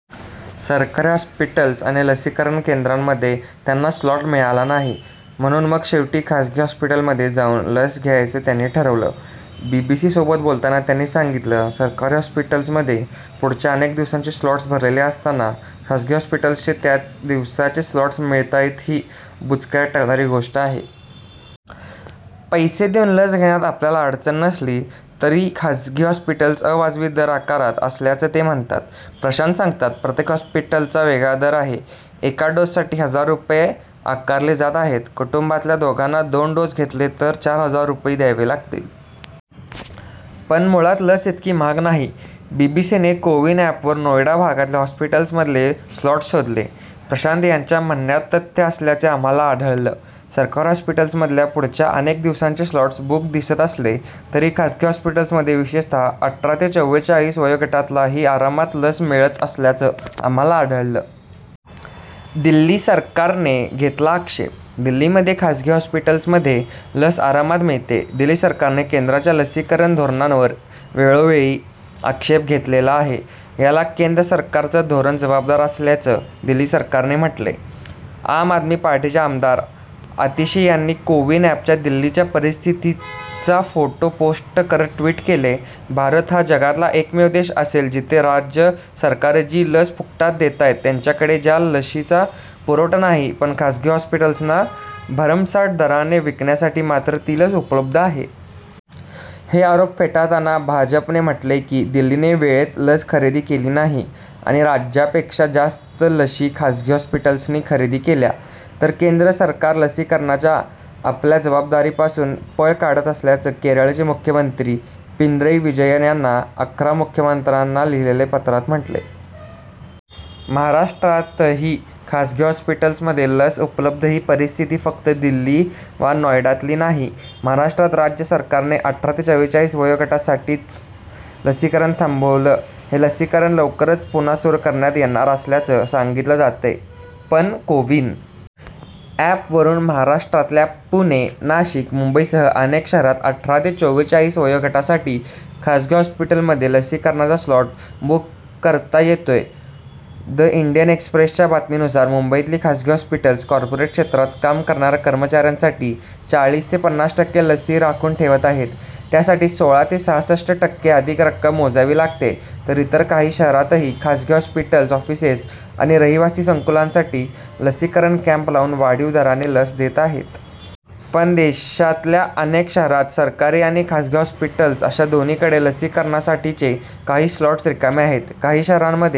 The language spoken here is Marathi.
सरकारी हॉस्पिटल्स आणि लसीकरण केंद्रांमध्ये त्यांना स्लॉट मिळाला नाही. म्हणून मग शेवटी खासगी हॉस्पिटलमध्ये जाऊन लस घ्यायचं त्यांनी ठरवलं. बीबीसीसोबत बोलताना त्यांनी सांगितलं, सरकारी हॉस्पिटल्समध्ये पुढच्या अनेक दिवसांचे स्लॉट्स भरलेले असताना खासगी हॉस्पिटल्सचे त्याच दिवसाचे स्लॉट्स मिळतायतही बुचकळ्यात टाकणारी गोष्ट आहे. पैसे देऊन लस घेण्यात आपल्याला अडचण नसली तरी खासगी हॉस्पिटल्स अवाजवी दर आकारत असल्याचं ते म्हणतात. प्रशांत सांगतात, प्रत्येक हॉस्पिटलचा वेगळा दर आहे. एका डोससाठी हजार रुपये आकारले जात आहेत. कुटुंबातल्या दोघांनी दोन डोस घेतले तर चार हजार रुपये द्यावी लागतील. पण मुळात लस इतकी महाग नाही. बीबीसीने कोविन अँपवर नोएडा भागातल्या हॉस्पिटल्समधले स्लॉट्स शोधले. प्रशांत यांच्या म्हणण्यात तथ्य असल्याचं आम्हाला आढळलं. सरकारी हॉस्पिटल्समधले पुढच्या अनेक दिवसांचे स्लॉट्स बुक दिसत असले तरी खासगी हॉस्पिटल्समध्ये विशेषतः अठरा ते चव्वेचाळीस वयोगटालाही आरामात लस मिळत असल्याचं आम्हाला आढळलं. दिल्ली सरकारने घेतला आक्षेप दिल्लीमध्ये खासगी हॉस्पिटल्समध्ये लस आरामात मिळतेय. दिल्ली सरकारने केंद्राच्या लसीकरण धोरणांवर वेळोवेळी आक्षेप घेतलेला आहे. याला केंद्र सरकारचं धोरण जबाबदार असल्याचं दिल्ली सरकारने म्हटलंय. आम आदमी पार्टीच्या आमदार आतिशी यांनी कोविन अँपच्या दिल्लीच्या परिस्थितीचा फोटो पोस्ट करत ट्वीट केलंय, भारत हा जगातला एकमेव देश असेल जिथे राज्य सरकारं जी लस फुकटात देतायत, त्यांच्याकडे ज्या लशीचा पुरवठा नाही पण खासगी हॉस्पिटल्सना भरमसाठ दराने विकण्यासाठी मात्र ती लस उपलब्ध आहे. हे आरोप फेटाळताना भाजपने म्हटलंय की दिल्लीने वेळेत लस खरेदी केली नाही आणि राज्यापेक्षा जास्त लशी खासगी हॉस्पिटल्सनी खरेदी केल्या. तर केंद्र सरकार लसीकरणाच्या आपल्या जबाबदारीपासून पळ काढत असल्याचं केरळचे मुख्यमंत्री पिनरई विजयन यांनी अकरा मुख्यमंत्र्यांना लिहिलेल्या पत्रात म्हटलंय. महाराष्ट्रातही खासगी हॉस्पिटल्समध्ये लस उपलब्ध ही परिस्थिती फक्त दिल्ली वा नोएडातली नाही. महाराष्ट्रात राज्य सरकारने अठरा ते चव्वेचाळीस वयोगटासाठीचं लसीकरण थांबवलं हे लसीकरण लवकरच पुन्हा सुरू करण्यात येणार असल्याचं सांगितलं जातंय. पण कोविन अँपवरून महाराष्ट्रातल्या पुणे, नाशिक, मुंबईसह अनेक शहरांत अठरा ते चव्वेचाळीस वयोगटासाठी खासगी हॉस्पिटलमध्ये लसीकरणाचा स्लॉट बुक करता येतोय द इंडियन एक्स्प्रेसच्या बातमीनुसार मुंबईतली खासगी हॉस्पिटल्स कॉर्पोरेट क्षेत्रात काम करणाऱ्या कर्मचाऱ्यांसाठी चाळीस ते पन्नास टक्के लसी राखून ठेवत आहेत त्यासाठी सोळा ते सहासष्ट टक्के अधिक रक्कम मोजावी लागतेय तर इतर काही शहरांतही खासगी हॉस्पिटल्स ऑफिसेस आणि रहिवासी संकुलांसाठी लसीकरण कॅम्प लावून वाढीव दराने लस देत आहेत. पण देशातल्या अनेक शहरांत सरकारी आणि खासगी हॉस्पिटल्स अशा दोन्हीकडे लसीकरणासाठीचे काही स्लॉट्स रिकामे आहेत. काही शहरांमध्ये